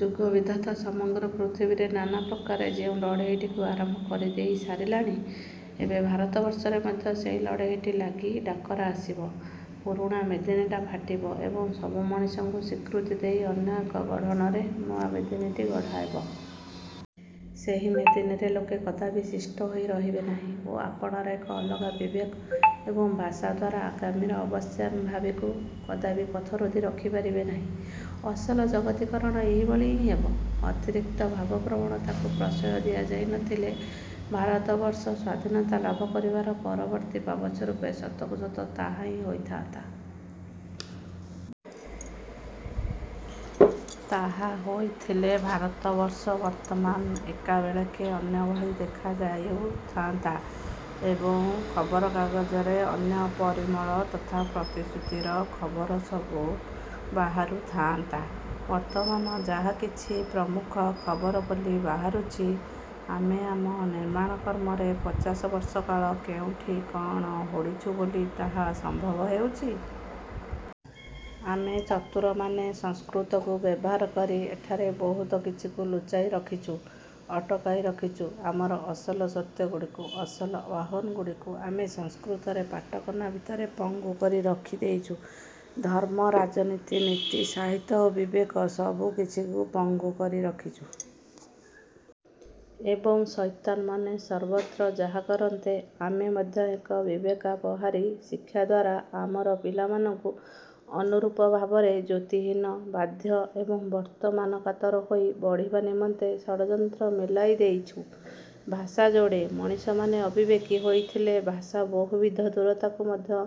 ଯୁଗବିଧାତା ସମଗ୍ର ପୃଥିବୀରେ ନାନା ପ୍ରକାରେ ଯେଉଁ ଲଢ଼େଇଟିକୁ ଆରମ୍ଭ କରିଦେଇ ସାରିଲାଣି ଏବେ ଭାରତବର୍ଷରେ ମଧ୍ୟ ସେହି ଲଢ଼େଇଟି ଲାଗି ଡାକରା ଆସିବ। ପୁରୁଣା ମେଦିନୀଟା ଫାଟିବ ଏବଂ ସବୁ ମଣିଷଙ୍କୁ ସ୍ୱୀକୃତି ଦେଇ ଅନ୍ୟ ଏକ ଗଢ଼ଣରେ ନୂଆ ମେଦିନୀଟି ଗଢ଼ା ହେବ। ସେହି ମେଦିନୀରେ ଲୋକେ କଦାପି ଶିଷ୍ଟ ହୋଇ ରହିବେ ନାହିଁ ଓ ଆପଣାର ଏକ ଅଲଗା ବିବେକ ଏବଂ ଭାଷା ଦ୍ୱାରା ଆଗାମୀର ଅବଶ୍ୟମ୍ଭାବୀକୁ କଦାପି ପଥରୋଧି ରଖିପାରିବେ ନାହିଁ। ଅସଲ ଜଗତୀକରଣ ଏହିଭଳି ହିଁ ହେବ। ଅତିରିକ୍ତ ଭାବପ୍ରବଣତାକୁ ପ୍ରଶ୍ରୟ ଦିଆଯାଇ ନଥିଲେ ଭାରତବର୍ଷ ସ୍ଵାଧୀନତା ଲାଭ କରିବାର ପରବର୍ତ୍ତୀ ପାବଚ୍ଛରୂପେ ସତକୁ ସତ ତାହାହିଁ ହୋଇଥାନ୍ତା। ତାହା ହୋଇଥିଲେ ଭାରତବର୍ଷ ବର୍ତ୍ତମାନ ଏକାବେଳେକେ ଅନ୍ୟ ଭଳି ଦେଖା ଯାଉଥାନ୍ତା ଏବଂ ଖବରକାଗଜରେ ଅନ୍ୟ ପରିମଳ ତଥା ପ୍ରତିଶ୍ରୁତିର ଖବର ସବୁ ବାହାରୁ ଥାଆନ୍ତା। ବର୍ତ୍ତମାନ ଯାହାକିଛି ପ୍ରମୁଖ ଖବର ବୋଲି ବାହାରୁଛି ଆମେ ଆମ ନିର୍ମାଣକ୍ରମରେ ପଚାଶ ବର୍ଷ କାଳ କେଉଁଠି କଣ ହୁଡ଼ିଛୁ ବୋଲି ତାହା ସମ୍ଭବ ହେଉଛି। ଆମେ ଚତୁରମାନେ ସଂସ୍କୃତକୁ ବ୍ୟବହାର କରି ଏଠାରେ ବହୁତ କିଛିକୁ ଲୁଚାଇ ରଖିଛୁ, ଅଟକାଇ ରଖିଛୁ। ଆମର ଅସଲ ସତ୍ୟଗୁଡ଼ିକୁ, ଅସଲ ଆହ୍ୱାନଗୁଡ଼ିକୁ ଆମେ ସଂସ୍କୃତରେ ପାଟକନା ଭିତରେ ପଙ୍ଗୁ କରି ରଖି ଦେଇଛୁ। ଧର୍ମ, ରାଜନୀତି, ନୀତି, ସାହିତ୍ୟ ଓ ବିବେକ ସବୁକିଛିକୁ ପଙ୍ଗୁ କରି ରଖିଛୁ। ଏବଂ ଶଇତାନମାନେ ସର୍ବତ୍ର ଯାହା କରନ୍ତେ ଆମେ ମଧ୍ୟ ଏକ ବିବେକାପହାରୀ ଶିକ୍ଷା ଦ୍ୱାରା ଆମର ପିଲାମାନଙ୍କୁ ଅନୁରୂପ ଭାବରେ ଜ୍ୟୋତିହୀନ, ବାଧ୍ୟ ଏବଂ ବର୍ତ୍ତମାନକାତର ହୋଇ ବଢ଼ିବା ନିମନ୍ତେ ଷଡ଼ଯନ୍ତ୍ର ମେଲାଇ ଦେଇଛୁ। ଭାଷା ଯୋଡ଼େ। ମଣିଷମାନେ ଅବିବେକୀ ହୋଇଥଲେ ଭାଷା ବହୁବିଧ ଦୂରତାକୁ ମଧ୍ୟ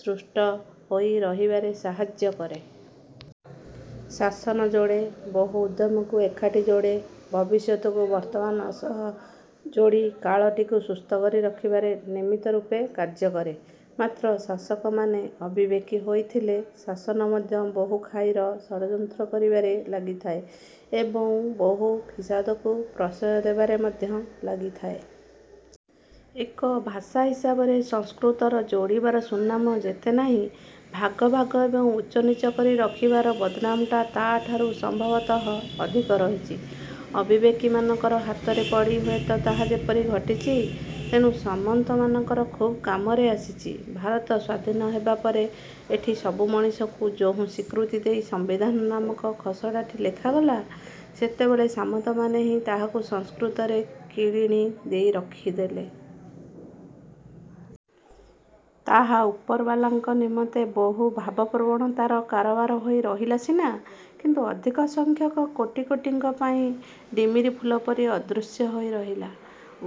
ସୃଷ୍ଟ ହୋଇ ରହିବାରେ ସାହାଯ୍ୟ କରେ। ଶାସନ ଯୋଡ଼େ, ବହୁ ଉଦ୍ୟମକୁ ଏକାଠି ଯୋଡ଼େ, ଭବିଷ୍ୟତଟିକୁ ବର୍ତ୍ତମାନ ସହ ଯୋଡ଼ି କାଳଟିକୁ ସୁସ୍ଥକରି ରଖିବାରେ ନିମିତ୍ତ ରୂପେ କାର୍ଯ୍ୟକରେ। ମାତ୍ର ଶାସକମାନେ ଅବିବେକୀ ହୋଇଥିଲେ ଶାସନ ମଧ୍ୟ ବହୁ ଖାଇର ଷଡ଼ଯନ୍ତ୍ର କରିବାରେ ଲାଗିଥାଏ ଏବଂ ବହୁ ଫିସାଦକୁ ପ୍ରଶ୍ରୟ ଦେବାରେ ମଧ୍ୟ ଲାଗିଥାଏ। ଏକ ଭାଷା ହିସାବରେ ସଂସ୍କୃତର ଯୋଡ଼ିବାର ସୁନାମ ଯେତେ ନାହିଁ ଭାଗ ଭାଗ ଏବଂ ଉଚ୍ଚ ନୀଚ କରି ରଖିବାର ବଦନାମଟା ତା'ଠାରୁ ସମ୍ଭବତଃ ଅଧିକ ରହିଛି। ଅବିବେକୀମାନଙ୍କର ହାତରେ ପଡ଼ି ହୁଏତ ତାହା ସେପରି ଘଟିଛି। ତେଣୁ ସାମନ୍ତମାନଙ୍କର ଖୁବ୍ କାମରେ ଆସିଛି। ଭାରତ ସ୍ୱାଧୀନ ହେବା ପରେ ଏଠି ସବୁ ମଣିଷଙ୍କୁ ଯହୁଁ ସ୍ୱୀକୃତି ଦେଇ ସମ୍ବିଧାନ ନାମକ ଖସଡ଼ାଟି ଲେଖାଗଲା, ସେତେବେଳେ ସାମନ୍ତମାନେ ହିଁ ତାହାକୁ ସଂସ୍କୃତରେ କିଳିଣି ଦେଇ ରଖିଦେଲେ। ତାହା ଉପରବାଲାଙ୍କ ନିମନ୍ତେ ବହୁ ଭାବପ୍ରବଣତାର କାରବାର ହୋଇ ରହିଲା ସିନା କିନ୍ତୁ ଅଧିକସଂଖ୍ୟକ କୋଟି କୋଟିଙ୍କ ପାଇଁ ଡ଼ିମିରିଫୁଲ ପରି ଅଦୃଶ୍ୟ ହୋଇ ରହିଲା।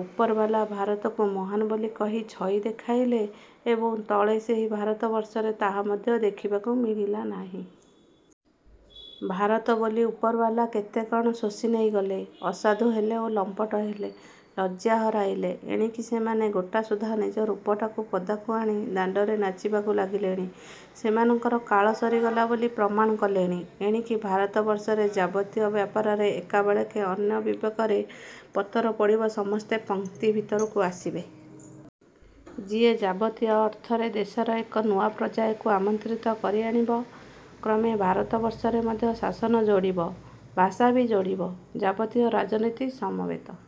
ଉପରବାଲା ଭାରତକୁ ମହାନ୍ ବୋଲି କହି ଛଇ ଦେଖାଇଲେ ଏବଂ ତଳେ ସେହି ଭାରତବର୍ଷରେ ତାହା ମଧ୍ୟ ଦେଖିବାକୁ ମିଳିଲା ନାହିଁ। ଭାରତ ବୋଲି ଉପରବାଲା କେତେ କଣ ଶୋଷି ନେଇଗଲେ। ଅସାଧୁ ହେଲେ ଓ ଲମ୍ପଟ ହେଲେ। ଲଜ୍ଜା ହରାଇଲେ। ଏଣିକି ସେମାନେ ଗୋଟାସୁଦ୍ଧା ନିଜ ରୂପଟାକୁ ପଦାକୁ ଆଣି ଦାଣ୍ଡରେ ନାଚିବାକୁ ଲାଗିଲେଣି। ସେମାନଙ୍କର କାଳ ସରିଗଲା ବୋଲି ପ୍ରମାଣ କଲେଣି। ଏଣିକି ଭାରତବର୍ଷରେ ଯାବତୀୟ ବ୍ୟାପାରରେ ଏକାବେଳେକେ ଅନ୍ୟ ବିବେକରେ ପତର ପଡ଼ିବ ସମସ୍ତେ ପଂକ୍ତି ଭିତରକୁ ଆସିବେ। ସିଏ ଯାବତୀୟ ଅର୍ଥରେ ଦେଶରେ ଏକ ନୂଆ ପର୍ଯ୍ୟାୟକୁ ଆମନ୍ତ୍ରିତ କରି ଆଣିବ। କ୍ରମେ ଭାରତବର୍ଷରେ ମଧ୍ୟ ଶାସନ ଯୋଡ଼ିବ, ଭାଷା ବି ଯୋଡ଼ିବ। ଯାବତୀୟ ରାଜନୀତି ସମବେତ